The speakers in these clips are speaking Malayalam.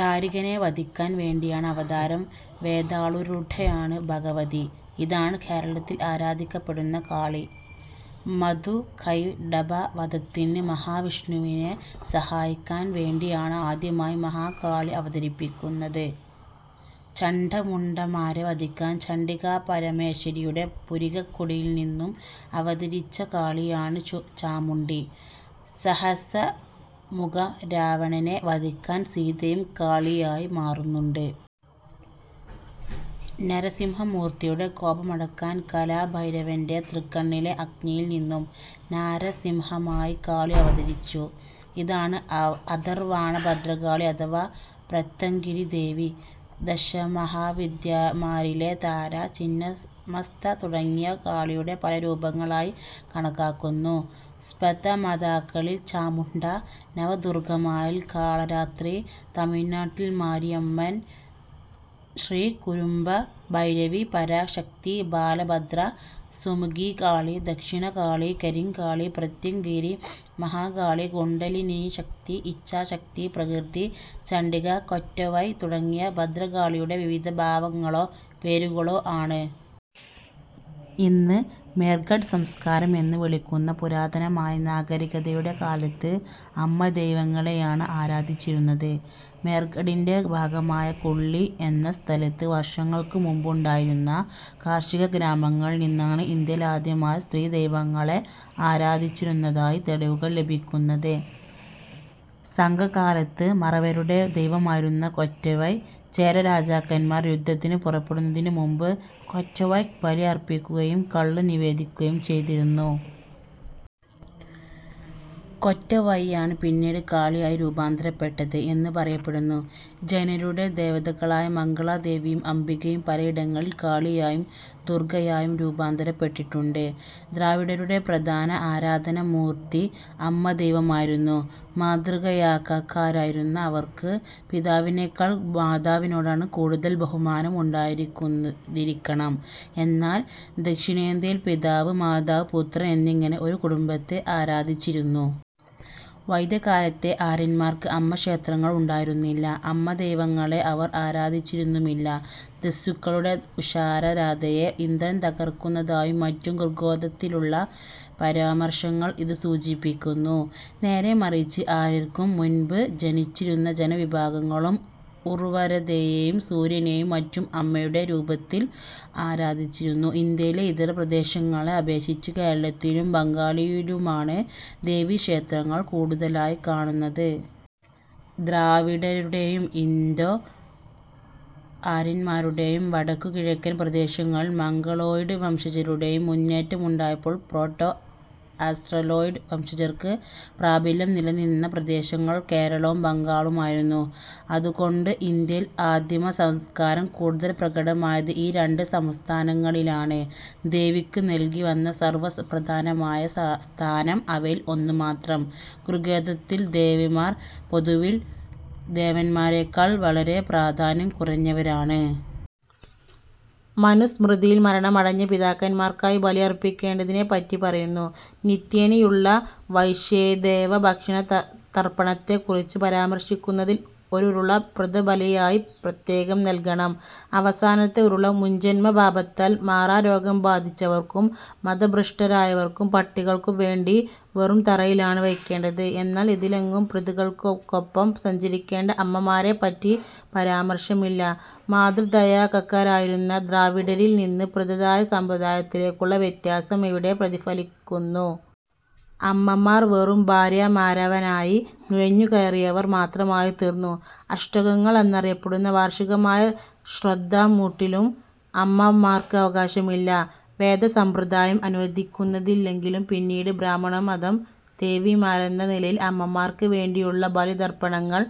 ദാരികനെ വധിക്കാൻ വേണ്ടിയാണ് അവതാരം. വേതാളാരൂഢയാണ് ഭഗവതി. ഇതാണ് കേരളത്തിൽ ആരാധിക്കപ്പെടുന്ന കാളി. മധുകൈടഭ വധത്തിന് മഹാവിഷ്ണുവിനെ സഹായിക്കാൻ വേണ്ടി ആണ് ആദ്യമായി മഹാകാളി അവതരിക്കുന്നത്. ചണ്ഡമുണ്ഡന്മാരെ വധിക്കാൻ ചണ്ഡികാ പരമേശ്വരിയുടെ പുരികക്കൊടിയിൽ നിന്നും അവതരിച്ച കാളികയാണ് "ചാമുണ്ഡി". സഹസ്രമുഖരാവണനെ വധിക്കാൻ സീതയും കാളിയായി മാറുന്നുണ്ട്. നരസിംഹമൂർത്തിയുടെ കോപമടക്കാൻ കാലഭൈരവന്റെ തൃക്കണ്ണിലെ അഗ്നിയിൽ നിന്നും നാരസിംഹിയായി കാളി അവതരിച്ചു. ഇതാണ് അഥർവാണ ഭദ്രകാളി അഥവാ പ്രത്യംഗിരിദേവി. ദശമഹാവിദ്യമാരിലെ താര, ചിന്നമസ്ത തുടങ്ങിയവ കാളിയുടെ പല രൂപങ്ങൾ ആയി കണക്കാക്കുന്നു. സപ്തമാതാക്കളിൽ ചാമുണ്ഡ, നവദുർഗ്ഗമാരിൽ കാളരാത്രി, തമിഴ്നാട്ടിൽ മാരിയമ്മൻ, ശ്രീകുരുംബ, ഭൈരവി, പരാശക്തി, ബാലഭദ്ര, സുമുഖീകാളി, ദക്ഷിണകാളി, കരിംകാളി, പ്രത്യംഗിരി, മഹാകാളി, കുണ്ഡലിനീശക്തി, ഇച്ഛാശക്തി, പ്രകൃതി, ചണ്ഡിക, കൊറ്റവൈ തുടങ്ങിയവ ഭദ്രകാളിയുടെ വിവിധ ഭാവങ്ങളോ പേരുകളോ ആണ്. ഇന്ന് മേർഘഡ് സംസ്കാരം എന്നു വിളിക്കുന്ന പുരാതനമായ നാഗരികതയുടെ കാലത്ത് അമ്മദൈവങ്ങളെയാണ് ആരാധിച്ചിരുന്നത്. മേർഘഡിന്റെ ഭാഗമായ കുള്ളി എന്ന സ്ഥലത്ത് വർഷങ്ങൾക്കു മുൻപ് ഉണ്ടായിരുന്ന കാർഷികഗ്രാമങ്ങളിൽ നിന്നാണ് ഇന്ത്യയിൽ ആദ്യമായി സ്ത്രീ ദൈവങ്ങളെ ആരാധിച്ചിരുന്നതായി തെളിവുകൾ ലഭിക്കുന്നത്. സംഘകാലത്ത് മറവരുടെ ദൈവമായിരുന്നു കൊറ്റവൈ. ചേരരാജാക്കന്മാർ യുദ്ധത്തിനു പുറപ്പെടുന്നതിനു മുൻപ് കൊറ്റവൈക്ക് ബലി അർപ്പിക്കുകയും കള്ള് നിവേദിക്കുകയും ചെയ്തിരുന്നു. കൊറ്റവൈയാണ് പിന്നീട് കാളിയായി രൂപാന്തരപ്പെട്ടത് എന്ന് പറയപ്പെടുന്നു. ജൈനരുടെ ദേവതകളായ മംഗളാ ദേവിയും അംബികയും പലയിടങ്ങളിൽ കാളിയായും ദുർഗ്ഗയായും രൂപാന്തരപ്പെട്ടിട്ടുണ്ട്. ദ്രാവിഡരുടെ പ്രധാന ആരാധനാ മൂർത്തി അമ്മദൈവമായിരുന്നു. മാതൃദായകക്കാരായിരുന്ന അവർക്ക് പിതാവിനേക്കാൾ മാതാവിനോട് കൂടുതൽ ബഹുമാനം ഉണ്ടായിരുന്നിരിക്കണം. എന്നാൽ ദക്ഷിണേന്ത്യയിൽ പിതാവ് മാതാവ് പുത്രൻ എന്നിങ്ങനെ ഒരു കുടുംബത്തെ ആരാധിച്ചിരുന്നു. വൈദികകാലത്തെ ആര്യന്മാർക്ക് അമ്മ ക്ഷേത്രങ്ങൾ ഉണ്ടായിരുന്നില്ല. അമ്മ ദൈവങ്ങളെ അവർ ആരാധിച്ചിരുന്നുമില്ല. ദസ്യുക്കളുടെ ഉഷാരാധനയെ ഇന്ദ്രൻ തകർക്കുന്നതായും മറ്റും ഋഗ്വേദത്തിലുള്ള പരാമർശങ്ങൾ ഇത് സൂചിപ്പിക്കുന്നു. നേരേ മറിച്ച് ആര്യർക്കും മുൻപ് താമസിച്ചിരുന്ന ജനവിഭാഗങ്ങൾ ഉർവരതയേയും സൂര്യനേയും മറ്റും അമ്മയുടെ രൂപത്തിൽ ആരാധിച്ചിരുന്നു. ഇന്ത്യയിലെ ഇതര പ്രദേശങ്ങളെ അപേക്ഷിച്ച് കേരളത്തിലും ബംഗാളിലുമാണ് ദേവിക്ഷേത്രങ്ങൾ കൂടുതലായി കാണുന്നത്. ദ്രാവിഡരുടേയും, ഇന്തോ-ആര്യന്മാരുടേയും, വടക്കു കിഴക്കൻ പ്രദേശങ്ങളിൽ മംഗളോയിഡ് വംശജരുടേയും മുന്നേറ്റമുണ്ടായപ്പോൾ പ്രോട്ടോ ആസ്റ്റ്രലോയ്ഡ് വംശജർക്ക് പ്രാബല്യം നിലനിന്ന പ്രദേശങ്ങൾ കേരളവും ബംഗാളുമായിരുന്നു. അതുകൊണ്ട് ഇന്ത്യയുടെ ആദിമസംസ്കാരം കൂടുതൽ പ്രകടമായത് ഈ രണ്ട് സംസ്ഥാനങ്ങളിലാണ്. ദേവിക്ക് നൽകി വന്ന സർവ്വപ്രധാനമായ സ്ഥാനം അവയിൽ ഒന്നുമാത്രം. ഋഗ്വേദത്തിൽ ദേവിമാർ പൊതുവിൽ ദേവന്മാരേക്കാൾ വളരെ പ്രാധാന്യം കുറഞ്ഞവരാണ്. മനുസ്മൃതിയിൽ മരണമടഞ്ഞ പിതാക്കന്മാർക്കായി ബലിയർപ്പിക്കേണ്ടതിനെപ്പറ്റി പറയുന്നു. നിത്യേനയുള്ള വൈശ്വദേവ ഭക്ഷണ തർപ്പണത്തെക്കുറിച്ച് പരാമർശിക്കുന്നതിൽ ഒരുരുള പിതൃബലിയായി പ്രത്യേകം നൽകണം. അവസനത്തെ ഉരുള മുജ്ജന്മ പാപത്താൽ മാറാരോഗം ബാധിച്ചവർക്കും മതഭ്രഷ്ടരായവർക്കും പട്ടികൾക്കും വേണ്ടി വെറും തറയിലാണ് വെക്കേണ്ടത്. എന്നാൽ ഇതിലെങ്ങും പിതൃക്കൾക്കൊപ്പം സഞ്ചരിക്കേണ്ട അമ്മമാരെപ്പറ്റി പരാമർശമില്ല. മാതൃദായകക്കാരായിരുന്ന ദ്രാവിഡരിൽ നിന്ന് പിതൃദായ സമ്പ്രദായത്തിലേക്കുള്ള വ്യത്യാസം ഇവിടെ പ്രതിഫലിക്കുന്നു. അമ്മമാർ വെറും ഭാര്യമാരാവാനായി നുഴഞ്ഞുകയറിയവർ മാത്രമായിത്തീരുന്നു. അഷ്ടകങ്ങൾ എന്നറിയപ്പെടുന്ന വാർഷികമായ ശ്രാദ്ധമൂട്ടിലും അമ്മമാർക്കവകാശമില്ല. വേദസമ്പ്രദായം അനുവദിക്കുന്നില്ലെങ്കിലും പിന്നീട് ബ്രാഹ്മണമതം ദേവിമാരെന്ന നിലയിൽ അമ്മമാർക്ക് വേണ്ടിയുള്ള ബലി തർപ്പണങ്ങൾ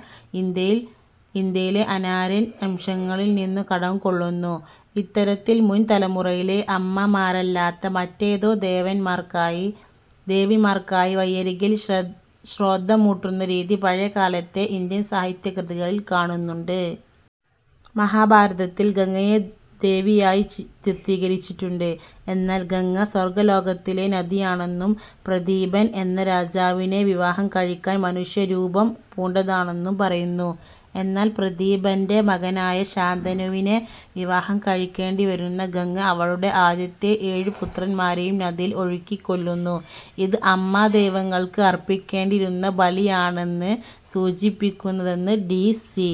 ഇന്ത്യയിലെ അനാര്യൻ അംശങ്ങളിൽ നിന്നും കടം കൊള്ളുന്നു. ഇത്തരത്തിൽ മുൻതലമുറയിലെ അമ്മമാരല്ലാത്ത മറ്റേതോ ദേവിമാർക്കായി വഴിയരികിൽ ശ്രാദ്ധമൂട്ടുന്ന രീതി പഴയകാലത്തെ ഇന്ത്യൻ സാഹിത്യകൃതികളിൽ കാണുന്നുണ്ട്. മഹാഭാരതത്തിൽ ഗംഗയെ ദേവിയായി ചിത്രീകരിച്ചിട്ടുണ്ട്. എന്നാൽ ഗംഗ സ്വർഗ്ഗലോകത്തിലെ നദിയാണെന്നും പ്രദീപൻ എന്ന രാജാവിനെ വിവാഹം കഴിക്കാൻ മനുഷ്യരൂപം പൂണ്ടതാണെന്നും പറയുന്നു. എന്നാൽ പ്രദീപന്റെ മകനായ ശാന്തനുവിനെ വിവാഹം കഴിക്കേണ്ടിവരുന്ന ഗംഗ അവളുടെ ആദ്യത്തെ ഏഴുപുത്രന്മാരേയും നദിയിൽ ഒഴുക്കിക്കൊല്ലുന്നു. ഇത് അമ്മ ദൈവങ്ങൾക്ക് അർപ്പിക്കേണ്ടിയിരുന്ന ബലിയെയാണ് സൂചിപ്പിക്കുന്നതെന്ന് ഡി. സി.